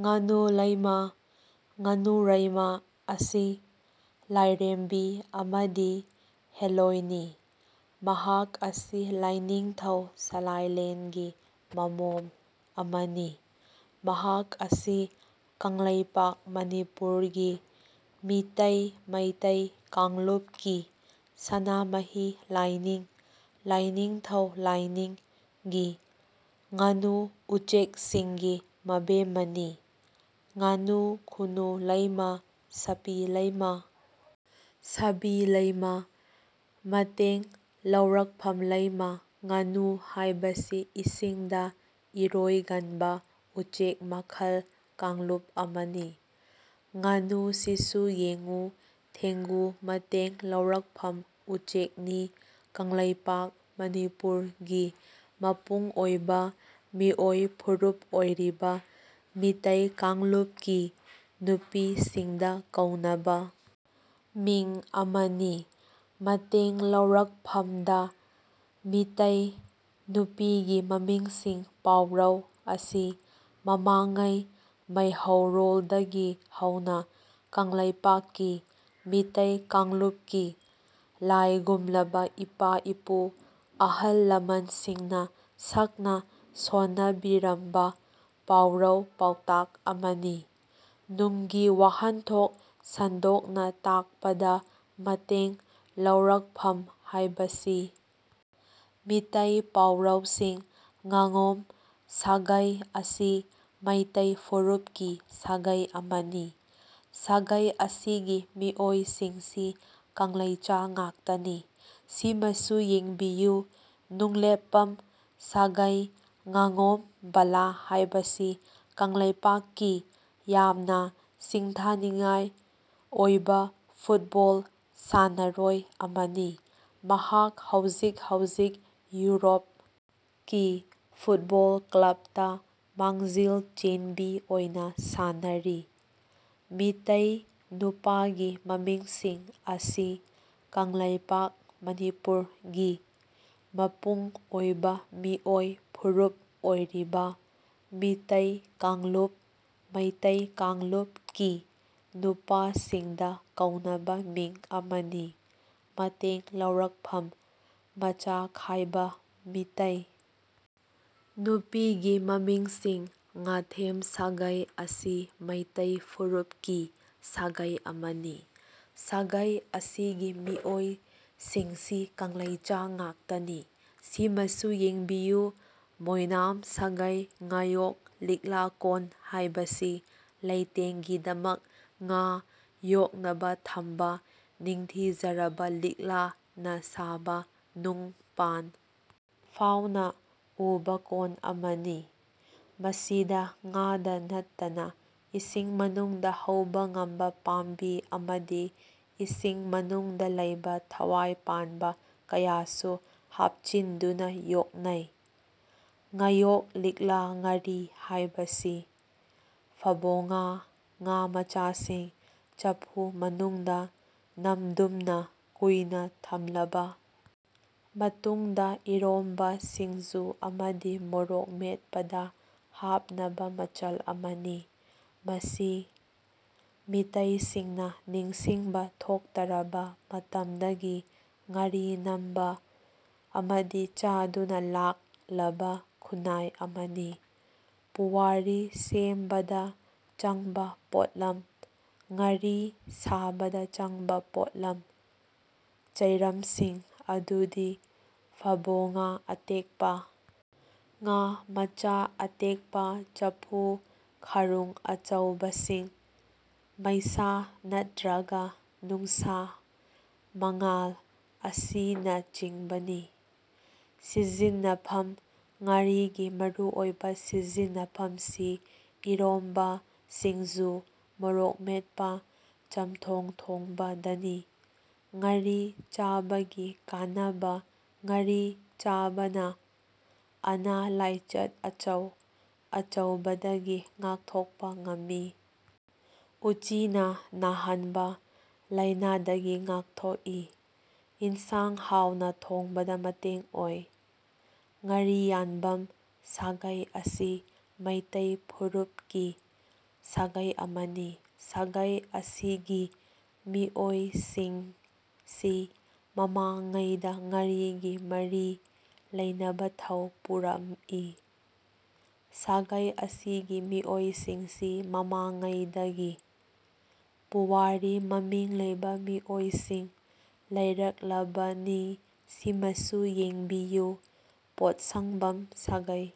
ꯉꯥꯅꯨ ꯂꯩꯃ (ꯉꯥꯅꯨꯔꯩꯃ) ꯑꯁꯤ ꯂꯥꯢꯔꯦꯝꯕꯤ ꯑꯃꯗꯤ ꯍꯦꯜꯂꯣꯢꯅꯤ꯫ ꯃꯍꯥꯛ ꯑꯁꯤ ꯂꯥꯢꯅꯤꯡꯊꯧ ꯁꯂꯥꯢꯂꯦꯟꯒꯤ ꯃꯃꯣꯝ ꯑꯃꯅꯤ꯫ ꯃꯍꯥꯛ ꯑꯁꯤ ꯀꯪꯂꯩꯄꯥꯛ ꯃꯅꯤꯄꯨꯔ ꯒꯤ ꯃꯤꯇꯩꯃꯩꯇꯩ ꯀꯥꯡꯂꯨꯞꯀꯤ ꯁꯅꯥꯃꯍꯤ ꯂꯥꯢꯅꯤꯡ (ꯂꯥꯢꯅꯤꯡꯊꯧ ꯂꯥꯢꯅꯤꯡ) ꯒꯤ ꯉꯥꯅꯨ ꯎꯆꯦꯛꯁꯤꯡꯒꯤ ꯃꯕꯦꯝꯃꯅꯤ꯫ ꯉꯥꯅꯨ ꯈꯨꯅꯨ ꯂꯩꯃ ꯁꯄꯤ ꯂꯩꯃ (ꯁꯕꯤ ꯂꯩꯃ) ꯃꯇꯦꯡ ꯂꯧꯔꯛꯐꯝ ꯂꯩꯃ ꯉꯥꯅꯨ ꯍꯥꯏꯕꯁꯤ ꯏꯁꯤꯡꯗ ꯏꯔꯣꯢꯒꯟꯕ ꯎꯆꯦꯛ ꯃꯈꯜ (ꯀꯥꯡꯂꯨꯞ) ꯑꯃꯅꯤ꯫ ꯉꯥꯅꯨ ꯁꯤꯁꯨ ꯌꯦꯡꯉꯨ ꯊꯦꯡꯒꯨ ꯃꯇꯦꯡ ꯂꯧꯔꯛꯐꯝ ꯎꯆꯦꯛꯅꯤ ꯀꯪꯂꯩꯄꯥꯛ (ꯃꯅꯤꯄꯨꯔ) ꯒꯤ ꯃꯄꯨꯡ ꯑꯣꯢꯕ ꯃꯤꯑꯣꯢ ꯐꯨꯔꯨꯞ ꯑꯣꯢꯔꯤꯕ ꯃꯤꯇꯩ ꯀꯥꯡꯂꯨꯞ ꯀꯤ ꯅꯨꯄꯤꯁꯤꯡꯗ ꯀꯧꯅꯕ ꯃꯤꯡ ꯑꯃꯅꯤ꯫ ꯃꯇꯦꯡ ꯂꯧꯔꯛꯐꯝ ꯗꯥ ꯃꯤꯇꯩ ꯅꯨꯄꯤꯒꯤ ꯃꯃꯤꯡꯁꯤꯡ ꯄꯥꯎꯔꯧ ꯑꯁꯤ ꯃꯃꯥꯡꯉꯩ ꯃꯩꯍꯧꯔꯣꯜꯗꯒꯤ ꯍꯧꯅ ꯀꯪꯂꯩꯄꯥꯛꯀꯤ ꯃꯤꯇꯩ ꯀꯥꯡꯂꯨꯞ ꯀꯤ ꯂꯥꯢꯒꯨꯝꯂꯕ ꯏꯄꯥ-ꯏꯄꯨ ꯑꯍꯜ ꯂꯃꯟꯁꯤꯡꯅ ꯁꯛꯅ ꯁꯣꯟꯅꯕꯤꯔꯝꯕ ꯄꯥꯎꯔꯧ ꯄꯥꯎꯇꯥꯛ ꯑꯃꯅꯤ꯫ ꯅꯨꯡꯒꯤ ꯋꯥꯍꯟꯊꯣꯛ ꯁꯟꯗꯣꯛꯅ ꯇꯥꯛꯄꯥꯗ ꯃꯇꯦꯡ ꯂꯧꯔꯛꯐꯝ ꯍꯥꯏꯕꯁꯤ ꯃꯤꯇꯩ ꯄꯥꯎꯔꯧꯁꯤꯡ ꯉꯥꯉꯣꯝ ꯁꯥꯒꯩ ꯑꯁꯤ ꯃꯩꯇꯩ ꯐꯨꯔꯨꯞꯀꯤ ꯁꯥꯒꯩ ꯑꯃꯅꯤ꯫ ꯁꯥꯒꯩ ꯑꯁꯤ ꯒꯤ ꯃꯤꯑꯣꯢꯁꯤꯡꯁꯤ ꯀꯪꯂꯩꯆꯥ ꯉꯥꯛꯇꯅꯤ꯫ ꯁꯤꯃꯁꯨ ꯌꯦꯡꯕꯤꯌꯨ ꯅꯨꯡꯂꯦꯞꯄꯝ ꯁꯥꯒꯩ ꯉꯥꯉꯣꯝ ꯕꯂꯥ ꯍꯥꯏꯕꯁꯤ ꯀꯪꯂꯩꯄꯥꯛꯀꯤ ꯌꯥꯝꯅ ꯁꯤꯡꯊꯥꯅꯤꯉꯥꯏ ꯑꯣꯏꯕ ꯐꯨꯠꯕꯣꯜ ꯁꯥꯟꯅꯔꯣꯏ ꯑꯃꯅꯤ꯫ ꯃꯍꯥꯛ ꯍꯩꯖꯤꯛ ꯍꯧꯖꯤꯛ ꯌꯨꯔꯣꯞ ꯀꯤ ꯐꯨꯠꯕꯣꯜ ꯀ꯭ꯂꯕ ꯇ ꯃꯥꯡꯖꯤꯜ ꯆꯦꯟꯕꯤ ꯑꯣꯏꯅ ꯁꯥꯟꯅꯔꯤ꯫ ꯃꯤꯇꯩ ꯅꯨꯄꯥꯒꯤ ꯃꯃꯤꯡꯁꯤꯡ ꯃꯁꯤ ꯀꯪꯂꯩꯄꯥꯛ (ꯃꯅꯤꯄꯨꯔ) ꯒꯤ ꯃꯄꯨꯡ ꯑꯣꯢꯕ ꯃꯤꯑꯣꯢ ꯐꯨꯔꯨꯞ ꯑꯣꯢꯔꯤꯕ ꯃꯤꯇꯩ ꯀꯥꯡꯂꯨꯞ (ꯃꯩꯇꯩ ꯀꯥꯡꯂꯨꯞ) ꯀꯤ ꯅꯨꯄꯥꯁꯤꯡꯗ ꯀꯧꯅꯕ ꯃꯤꯡ ꯑꯃꯅꯤ꯫ ꯃꯇꯦꯡ ꯂꯧꯔꯛꯐꯝ ꯃꯆꯥꯈꯥꯏꯕ ꯃꯤꯇꯩ ꯅꯨꯄꯤꯒꯤ ꯃꯃꯤꯡꯁꯤꯡ ꯉꯥꯊꯦꯝ ꯁꯥꯒꯩ ꯑꯁꯤ ꯃꯩꯇꯩ ꯐꯨꯔꯨꯞꯀꯤ ꯁꯥꯒꯩ ꯑꯃꯅꯤ꯫ ꯁꯥꯒꯩ ꯑꯁꯤ ꯒꯤ ꯃꯤꯑꯣꯢꯁꯤꯡꯁꯤ ꯀꯪꯂꯩꯆꯥ ꯉꯥꯛꯇꯅꯤ꯫ ꯁꯤꯃꯁꯨ ꯌꯦꯡꯕꯤꯌꯨ ꯃꯣꯢꯅꯥꯝ ꯁꯥꯒꯩ ꯉꯥꯌꯣꯛ ꯂꯤꯛꯂꯤ ꯀꯣꯟ ꯍꯥꯏꯕꯁꯤ ꯂꯩꯇꯦꯡꯒꯤꯗꯃꯛ ꯉꯥ ꯌꯣꯛꯅꯕ ꯊꯝꯕ ꯅꯤꯡꯊꯤꯖꯔꯕ ꯂꯤꯛꯂꯤ ꯅ ꯁꯥꯕ ꯅꯨꯡ ꯄꯥꯟ ꯐꯥꯎꯅ ꯎꯕ ꯀꯣꯟ ꯑꯃꯅꯤ꯫ ꯃꯁꯤꯗ ꯉꯥꯗ ꯅꯠꯇꯅ ꯏꯁꯤꯡ ꯃꯅꯨꯡꯗ ꯍꯧꯕ ꯉꯝꯕ ꯄꯥꯝꯕꯤ ꯑꯃꯗꯤ ꯏꯁꯤꯡ ꯃꯅꯨꯡꯗ ꯂꯩꯕ ꯊꯋꯥꯢ ꯄꯥꯟꯕ ꯀꯌꯥꯁꯨ ꯍꯥꯞꯆꯤꯟꯗꯨꯅ ꯌꯣꯛꯅꯩ꯫ ꯉꯥꯌꯣꯛ ꯂꯤꯛꯂꯤ ꯉꯥꯔꯤ ꯍꯥꯏꯕꯁꯤ ꯐꯕꯣꯉꯥ, ꯉꯥ ꯃꯆꯥꯁꯤꯡ ꯆꯐꯨ ꯃꯅꯨꯡꯗ ꯅꯝꯗꯨꯝꯅ ꯀꯨꯏꯅ ꯊꯝꯂꯕ ꯃꯇꯨꯡꯗ ꯏꯔꯣꯝꯕ, ꯁꯤꯡꯖꯨ ꯑꯃꯗꯤ ꯃꯣꯔꯣꯛ ꯃꯦꯠꯄꯗ ꯍꯥꯞꯅꯕ ꯃꯆꯜ ꯑꯃꯅꯤ꯫ ꯃꯁꯤ ꯃꯤꯇꯩꯁꯤꯡꯅ ꯅꯤꯡꯁꯤꯡꯕ ꯊꯣꯛꯇꯔꯕ ꯃꯇꯝꯗꯒꯤ ꯉꯥꯔꯤ ꯅꯝꯕ ꯑꯃꯗꯤ ꯆꯥꯗꯨꯅ ꯂꯥꯛꯂꯕ ꯈꯨꯅꯥꯏ ꯑꯃꯅꯤ꯫ ꯄꯨꯋꯥꯔꯤ ꯁꯦꯝꯕꯗ ꯆꯪꯕ ꯄꯣꯠꯂꯝ ꯉꯥꯔꯤ ꯁꯥꯕꯗ ꯆꯪꯕ ꯄꯣꯠꯂꯝ ꯆꯩꯔꯝꯁꯤꯡ ꯑꯗꯨꯗꯤ ꯐꯕꯣꯉꯥ ꯑꯇꯦꯛꯄ ꯉꯥ ꯃꯆꯥ ꯑꯇꯦꯛꯄ ꯆꯐꯨ ꯈꯔꯨꯡ ꯑꯆꯧꯕꯁꯤꯡ ꯃꯩꯁꯥ ꯅꯠꯇ꯭ꯔꯒ ꯅꯨꯡꯁꯥ ꯃꯉꯥꯜ ꯑꯁꯤꯅꯆꯤꯡꯕꯅꯤ꯫ ꯁꯤꯖꯤꯟꯅꯐꯝ ꯉꯥꯔꯤꯒꯤ ꯃꯔꯨꯑꯣꯏꯕ ꯁꯤꯖꯤꯟꯅꯐꯝꯁꯤ ꯏꯔꯣꯝꯕ ꯁꯤꯡꯖꯨ ꯃꯣꯔꯣꯛ ꯃꯦꯠꯄ ꯆꯝꯊꯣꯡ ꯊꯣꯡꯕ ꯗꯅꯤ ꯉꯥꯔꯤ ꯆꯥꯕꯒꯤ ꯀꯥꯟꯅꯕ ꯉꯥꯔꯤ ꯆꯥꯕꯅ ꯑꯅꯥ ꯂꯥꯏꯆꯠ ꯑꯆꯧ ꯑꯆꯧꯕꯗꯒꯤ ꯉꯥꯛꯊꯣꯛꯄ ꯉꯝꯃꯤ ꯎꯆꯤꯅ ꯅꯥꯍꯟꯕ ꯂꯥꯏꯅꯗꯒꯤ ꯉꯥꯛꯊꯣꯛꯏ꯫ ꯏꯟꯁꯥꯡ ꯍꯥꯎꯅ ꯊꯣꯡꯕꯗ ꯃꯇꯦꯡ ꯑꯣꯏ꯫ ꯉꯥꯔꯤꯌꯥꯟꯕꯝ ꯁꯥꯒꯩ ꯑꯁꯤ ꯃꯩꯇꯩ ꯐꯨꯔꯨꯞꯀꯤ ꯁꯥꯒꯩ ꯑꯃꯅꯤ꯫ ꯁꯥꯒꯩ ꯑꯁꯤ ꯒꯤ ꯃꯤꯑꯣꯢꯁꯤꯡꯁꯤ ꯃꯃꯥꯡꯉꯩꯗ ꯉꯥꯔꯤ ꯒꯤ ꯃꯔꯤ ꯂꯩꯅꯕ ꯊꯧ ꯄꯨꯔꯝꯢ꯫ ꯁꯥꯒꯩ ꯑꯁꯤ ꯒꯤ ꯃꯤꯑꯣꯢꯁꯤꯡꯁꯤ ꯃꯃꯥꯡꯉꯩꯗꯒꯤ ꯫ ꯄꯨꯋꯥꯔꯤ ꯃꯃꯤꯡ ꯂꯩꯕ ꯃꯤꯑꯣꯢꯁꯤꯡ ꯂꯩꯔꯛꯂꯕꯅꯤꯁꯤꯃꯁꯨ ꯌꯦꯡꯕꯤꯌꯨ ꯄꯣꯠꯁꯪꯕꯝ ꯁꯥꯒꯩ꯫